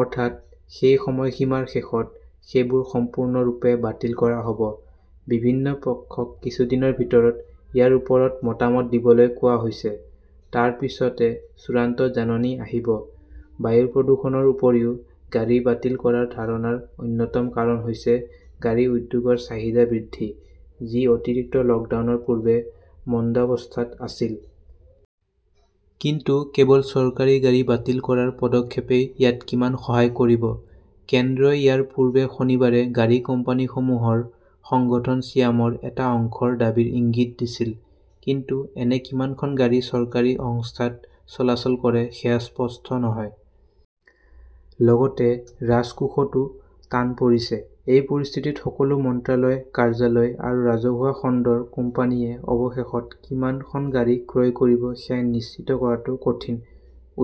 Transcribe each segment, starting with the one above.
অৰ্থাৎ, সেই সময়সীমাৰ শেষত সেইবোৰ সম্পূৰ্ণৰূপে বাতিল কৰা হ'ব। বিভিন্ন পক্ষক কিছুদিনৰ ভিতৰত ইয়াৰ ওপৰত মতামত দিবলৈ কোৱা হৈছে। তাৰ পিছতে চূড়ান্ত জাননী আহিব। বায়ু প্ৰদূষণৰ উপৰিও, গাড়ী বাতিল কৰাৰ ধাৰণাৰ অন্যতম কাৰণ হৈছে গাড়ী উদ্যোগৰ চাহিদা বৃদ্ধি, যি অতিৰিক্ত লকডাউনৰ পূৰ্বে মন্দাৱস্থাত আছিল। কিন্তু কেৱল চৰকাৰী গাড়ী বাতিল কৰাৰ পদক্ষেপই ইয়াত কিমান সহায় কৰিব? কেন্দ্ৰই ইয়াৰ পূৰ্বে শনিবাৰে গাড়ী কোম্পানীসমূহৰ সংগঠন ছিয়ামৰ এটা অংশৰ দাবীৰ ইংগিত দিছিল। কিন্তু এনে কিমানখন গাড়ী চৰকাৰী সংস্থাত চলাচল কৰে সেয়া স্পষ্ট নহয়। লগতে ৰাজকোষতো টান পৰিছে। এই পৰিস্থিতিত সকলো মন্ত্ৰালয়, কাৰ্যালয় আৰু ৰাজহুৱা খণ্ডৰ কোম্পানীয়ে অৱশেষত কিমানখন গাড়ী ক্ৰয় কৰিব সেয়া নিশ্চিত কৰাটো কঠিন।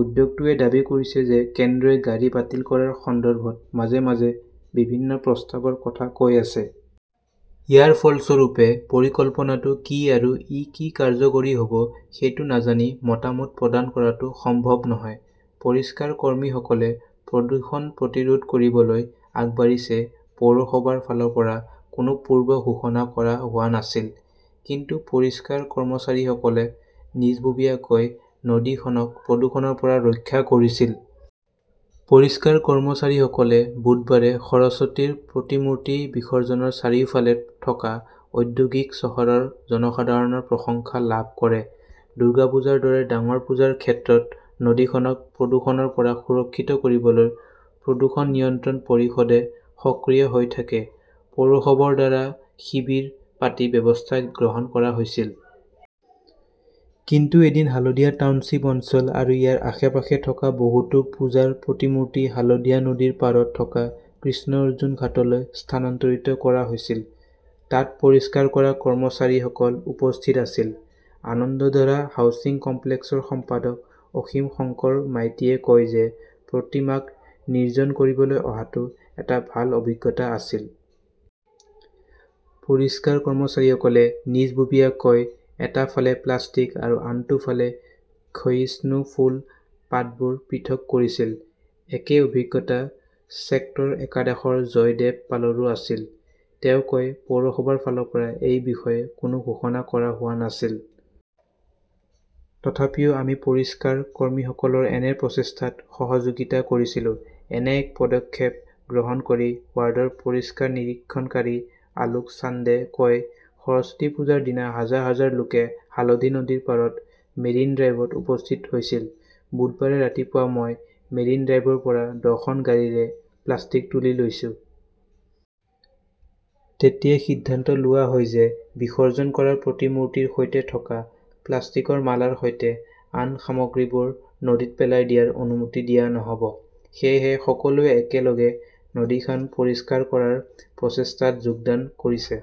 উদ্যোগটোৱে দাবী কৰিছে যে কেন্দ্ৰই গাড়ী বাতিল কৰাৰ সন্দৰ্ভত মাজে মাজে বিভিন্ন প্ৰস্তাৱৰ কথা কৈ আছে। ইয়াৰ ফলস্বৰূপে পৰিকল্পনাটো কি আৰু ই কি কাৰ্যকৰী হ 'ব সেইটো নাজানি মতামত প্ৰদান কৰাটো সম্ভৱ নহয়। পৰিষ্কাৰ কৰ্মীসকলে প্ৰদূষণ প্ৰতিৰোধ কৰিবলৈ আগবাঢ়িছে পৌৰসভাৰ ফালৰ পৰা কোনো পূৰ্ব ঘোষণা কৰা হোৱা নাছিল। কিন্তু পৰিষ্কাৰ কৰ্মচাৰীসকলে নিজাববীয়াকৈ নদীখনক প্ৰদূষণৰ পৰা ৰক্ষা কৰিছিল। পৰিষ্কাৰ কৰ্মচাৰীসকলে বুধবাৰে সৰস্বতীৰ প্ৰতিমূৰ্তি বিসৰ্জনৰ চাৰিওফালে থকা ঔদ্যোগিক চহৰৰ জনসাধাৰণৰ প্ৰশংসা লাভ কৰে। দুৰ্গা পূজাৰ দৰে ডাঙৰ পূজাৰ ক্ষেত্ৰত নদীখনক প্ৰদূষণৰ পৰা সুৰক্ষিত কৰিবলৈ প্ৰদূষণ নিয়ন্ত্ৰণ পৰিষদে সক্ৰিয় হৈ থাকে। পৌৰসভাৰ দ্বাৰা শিবিৰ পাতি ব্যৱস্থা গ্ৰহণ কৰা হৈছিল। কিন্তু এদিন হালদিয়া টাউনশ্বিপ অঞ্চল আৰু ইয়াৰ আশে-পাশে থকা বহুতো পূজাৰ প্ৰতিমূৰ্তি হালদী নদীৰ পাৰত থকা কৃষ্ণৰ্জুন ঘাটলৈ স্থানান্তৰিত কৰা হৈছিল। তাত পৰিষ্কাৰ কৰা কৰ্মচাৰীসকল উপস্থিত আছিল। আনন্দধাৰা হাউচিং কমপ্লেক্সৰ সম্পাদক অসীম শংকৰ মাইতীয়ে কয় যে প্ৰতিমাক নিৰ্জন কৰিবলৈ অহাটো এটা ভাল অভিজ্ঞতা আছিল। পৰিষ্কাৰ কৰ্মচাৰীসকলে নিজাববীয়াকৈ এটা ফালে প্লাষ্টিক আৰু আনটো ফালে ক্ষয়িষ্ণু ফুল, পাতবোৰ পৃথক কৰিছিল। একে অভিজ্ঞতা ছেক্টৰ একাদশৰ জয়দেব পালৰো আছিল। তেওঁ কয়, পৌৰসভাৰ ফালৰ পৰা এই বিষয়ে কোনো ঘোষণা কৰা হোৱা নাছিল। তথাপিও আমি পৰিষ্কাৰ কৰ্মীসকলৰ এনে প্ৰচেষ্টাত সহযোগিতা কৰিছিলো। এনে এক পদক্ষেপ গ্ৰহণ কৰি ৱাৰ্ডৰ পৰিষ্কাৰ নিৰীক্ষণকাৰী আলোক চান্দে কয়, সৰস্বতী পূজাৰ দিনা হাজাৰ হাজাৰ লোকে হালদী নদীৰ পাৰত মেৰিন ড্ৰাইভত উপস্থিত হৈছিল। বুধবাৰে ৰাতিপুৱা মই মেৰিন ড্ৰাইভৰ পৰা দহখন গাড়ীৰে প্লাষ্টিক তুলি লৈছো। তেতিয়া সিদ্ধান্ত লোৱা হয় যে বিসৰ্জন কৰা প্ৰতিমূৰ্তিৰ সৈতে থকা প্লাষ্টিকৰ মালাৰ সৈতে আন সামগ্ৰীবোৰ নদীত পেলাই দিয়াৰ অনুমতি দিয়া নহ'ব। সেয়েহে সকলোৱে একেলগে নদীখন পৰিষ্কাৰ কৰাৰ প্ৰচেষ্টাত যোগদান কৰিছে।